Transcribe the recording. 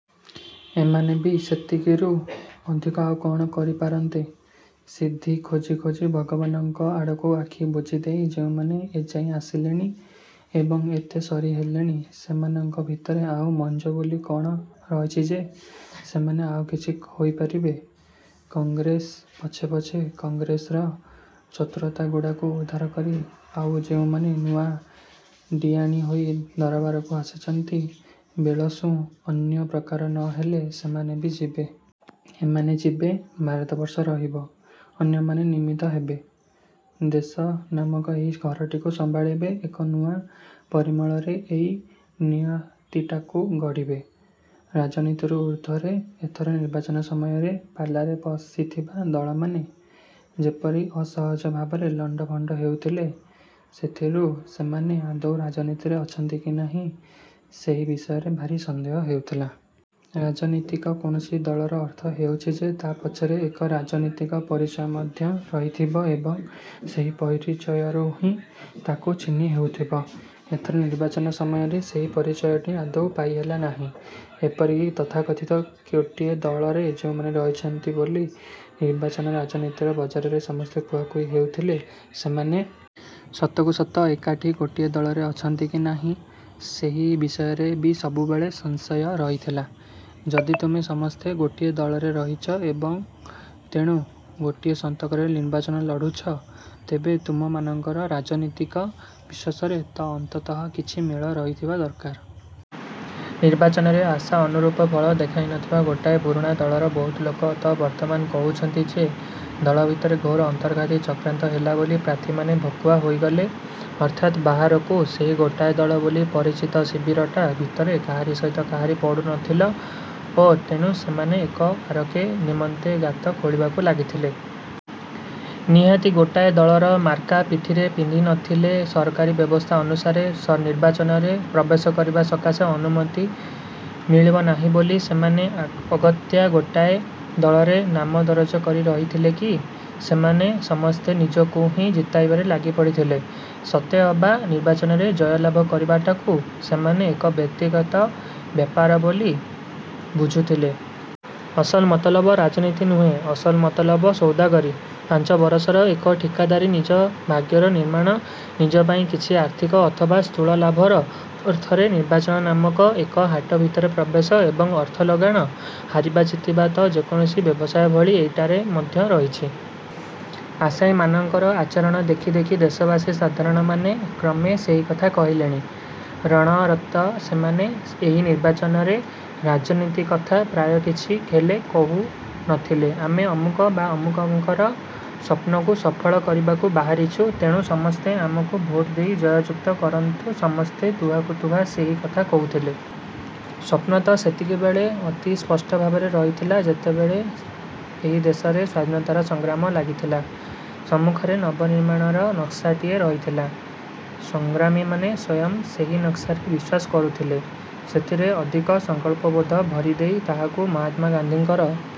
ଏମାନେ ବି ସେତିକିରୁ ଅଧିକ ଆଉ କଣ କରିପାରନ୍ତେ। ସିଦ୍ଧି ଖୋଜି ଖୋଜି ଭଗବାନଙ୍କ ଆଡ଼କୁ ଆଖି ବୁଜିଦେଇ ଯେଉଁମାନେ ଏଯାଏ ଆସିଲେଣି ଏବଂ ଏତେସରି ହେଲେଣି, ସେମାନଙ୍କ ଭିତରେ ଆଉ ମଞ୍ଜ ବୋଲି କଣ ରହିଛି ଯେ, ସେମାନେ ଆଉକିଛି ହୋଇପାରିବେ? କଂଗ୍ରେସ ପଛେ ପଛେ କଂଗ୍ରେସର ଚତୁରତା ଗୁଡ଼ାକୁ ଉଧାର କରି ଆଉ ଯେଉଁମାନେ ନୂଆ ଡ଼ିଆଣୀ ହୋଇ ଦରବାରକୁ ଆସିଛନ୍ତି, ବେଳସୁଁ ଅନ୍ୟ ପ୍ରକାର ନହେଲେ ସେମାନେ ବି ଯିବେ। ଏମାନେ ଯିବେ, ଭାରତବର୍ଷ ରହିବ, ଅନ୍ୟମାନେ ନିମିତ୍ତ ହେବେ। ଦେଶ ନାମକ ଏହି ଘରଟିକୁ ସମ୍ଭାଳିବେ, ଏକ ନୂଆ ପରିମଳରେ ଏଠି ନିୟତିଟାକୁ ଗଢ଼ିବେ। ରାଜନୀତିରୁ ଉର୍ଦ୍ଧ୍ୱରେ ଏଥର ନିର୍ବାଚନ ସମୟରେ ପାଲାରେ ପଶିଥିବା ଦଳମାନେ ଯେପରି ଅସହଜ ଭାବରେ ଲଣ୍ଡଭଣ୍ଡ ହେଉଥିଲେ, ସେଥିରୁ ସେମାନେ ଆଦୌ ରାଜନୀତିରେ ଅଛନ୍ତି କି ନାହିଁ ସେହି ବିଷୟରେ ଭାରି ସନ୍ଦେହ ହେଉଥିଲା। ରାଜନୀତିକ କୌଣସି ଦଳର ଅର୍ଥ ହେଉଛି ଯେ ତା ପଛରେ ଏକ ରାଜନୀତିକ ପରିଚୟ ମଧ୍ୟ ରହିଥିବ ଏବଂ ସେହି ପରିଚୟରୁ ହିଁ ତାକୁ ଚିହ୍ନି ହେଉଥିବ। ଏଥର ନିର୍ବାଚନ ସମୟରେ ସେହି ପରିଚୟଟି ଆଦୌ ପାଇହେଲା ନାହିଁ। ଏପରିକି ତଥାକଥିତ ଗୋଟିଏ ଦଳରେ ଯେଉଁମାନେ ରହିଛନ୍ତି ବୋଲି ନିର୍ବାଚନ ରାଜନୀତିର ବଜାରରେ ସମସ୍ତେ କୁହାକୁହି ହେଉଥିଲେ,.ସେମାନେ ସତକୁ ସତ ଏକାଠି ଗୋଟିଏ ଦଳରେ ଅଛନ୍ତି କି ନାହିଁ, ସେହି ବିଷୟରେ ବି ସବୁବେଳେ ସଂଶୟ ରହିଥିଲା। ଯଦି ତୁମେ ସମସ୍ତେ ଗୋଟିଏ ଦଳରେ ରହିଛ ଏବଂ ତେଣୁ ଗୋଟିଏ ସନ୍ତକରେ ନିର୍ବାଚନ ଲଢୁଛ, ତେବେ ତୁମମାନଙ୍କର ରାଜନୀତିକ ବିଶ୍ୱାସରେ ତ ଅନ୍ତତଃ କିଛି ମେଳ ରହିଥିବା ଦରକାର। ନିର୍ବାଚନରେ ଆଶା ଅନୁରୂପ ଫଳ ଦେଖାଇନଥିବା ଗୋଟାଏ ପୁରୁଣା ଦଳର ବହୁତ ଲୋକ ତ ବର୍ତ୍ତମାନ କହୁଛନ୍ତି ଯେ, ଦଳ ଭିତରେ ଘୋର ଅନ୍ତର୍ଘାତୀ ଚକ୍ରାନ୍ତ ହେଲା ବୋଲି ପ୍ରାର୍ଥୀମାନେ ଭକୁଆ ହୋଇଗଲେ, ଅର୍ଥାତ୍ ବାହାରକୁ ସେହି ଗୋଟାଏ ଦଳ ବୋଲି ପରିଚିତ ଶିବିରଟା ଭିତରେ କାହାରି ସହିତ କାହାରି ପଡୁନଥିଲ ଓ ତେଣୁ ସେମାନେ ଏକ ଆରେକ ନିମନ୍ତେ ଗାତ ଖୋଳିବାକୁ ଲାଗିଥିଲେ। ନିହାତି ଗୋଟାଏ ଦଳର ମାର୍କା ପିଠିରେ ପିନ୍ଧିନଥିଲେ ସରକାରୀ ବ୍ୟବସ୍ଥା ଅନୁସାରେ ନିର୍ବାଚନରେ ପ୍ରବେଶ କରିବା ସକାଶେ ଅନୁମତି ମିଳିବ ନାହିଁ ବୋଲି ସେମାନେ ଅଗତ୍ୟା ଗୋଟାଏ ଦଳରେ ନାମ ଦରଜ କରି ରହିଥିଲେ କି? ସେମାନେ ସମସ୍ତେ ନିଜକୁ ହିଁ ଜିତାଇବାରେ ଲାଗିପଡ଼ିଥିଲେ। ସତେଅବା ନିର୍ବାଚନରେ ଜୟଲାଭ କରିବାଟାକୁ ସେମାନେ ଏକ ବ୍ୟକ୍ତିଗତ ଭାଗ୍ୟର ବ୍ୟାପାର ବୋଲି ବୁଝୁଥିଲେ। ଅସଲ ମତଲବ ରାଜନୀତି ନୁହେଁ, ଅସଲ ମତଲବ ସୌଦାଗରୀ। ପାଞ୍ଚ ବରଷର ଏକ ଠିକାଦାରୀ ନିଜ ଭାଗ୍ୟର ନିର୍ମାଣ, ନିଜ ପାଇଁ କିଛି ଆର୍ଥିକ ଅଥବା ସ୍ଥୂଳ ଲାଭର ଅର୍ଥରେ ନିର୍ବାଚନ ନାମକ ଏକ ହାଟ ଭିତରେ ପ୍ରବେଶ ଏବଂ ଅର୍ଥ ଲଗାଣ, ହାରିବା ଜିତିବା ତ ଯେକୌଣସି ବ୍ୟବସାୟ ଭଳି ଏଇଟାରେ ମଧ୍ୟ ରହିଛି। ଆଶାୟୀ ମାନଙ୍କର ଆଚରଣ ଦେଖି ଦେଖି ଦେଶବାସୀ ସାଧାରଣମାନେ କ୍ରମେ ସେହି କଥା କହିଲେଣି। ରଣରତ ସେମାନେ ଏହି ନିର୍ବାଚନରେ ରାଜନୀତି କଥା ପ୍ରାୟ କିଛି ହେଲେ କେହି କହୁନଥିଲେ। ଆମେ ଅମୁକ ବା ଅମୁକଙ୍କର ସ୍ୱପ୍ନକୁ ସଫଳ କରିବାକୁ ବାହାରିଛୁ, ତେଣୁ ସମସ୍ତେ ଆମକୁ ଭୋଟ ଦେଇ ଜୟଯୁକ୍ତ କରନ୍ତୁ, ସମସ୍ତେ ତୁହାକୁ ତୁହା ସେହି କଥା କହୁଥିଲେ। ସ୍ଵପ୍ନ ତ ସେତିକିବେଳେ ଅତି ସ୍ପଷ୍ଟ ଭାବରେ ରହିଥିଲା, ଯେତେବେଳେ ଏହି ଦେଶରେ ସ୍ୱାଧୀନତାର ସଂଗ୍ରାମ ଲାଗିଥିଲା। ସମ୍ମୁଖରେ ନବ ନିର୍ମାଣର ନକ୍ସାଟିଏ ରହିଥିଲା। ସଂଗ୍ରାମୀମାନେ ସ୍ୱୟଂ ସେହି ନକ୍ସାରେ ବିଶ୍ୱାସ କରୁଥିଲେ। ସେଥିରେ ଅଧିକ ସଂକଳ୍ପବୋଧ ଭରିଦେଇ ତାହାକୁ ମହାତ୍ମା ଗାନ୍ଧୀଙ୍କର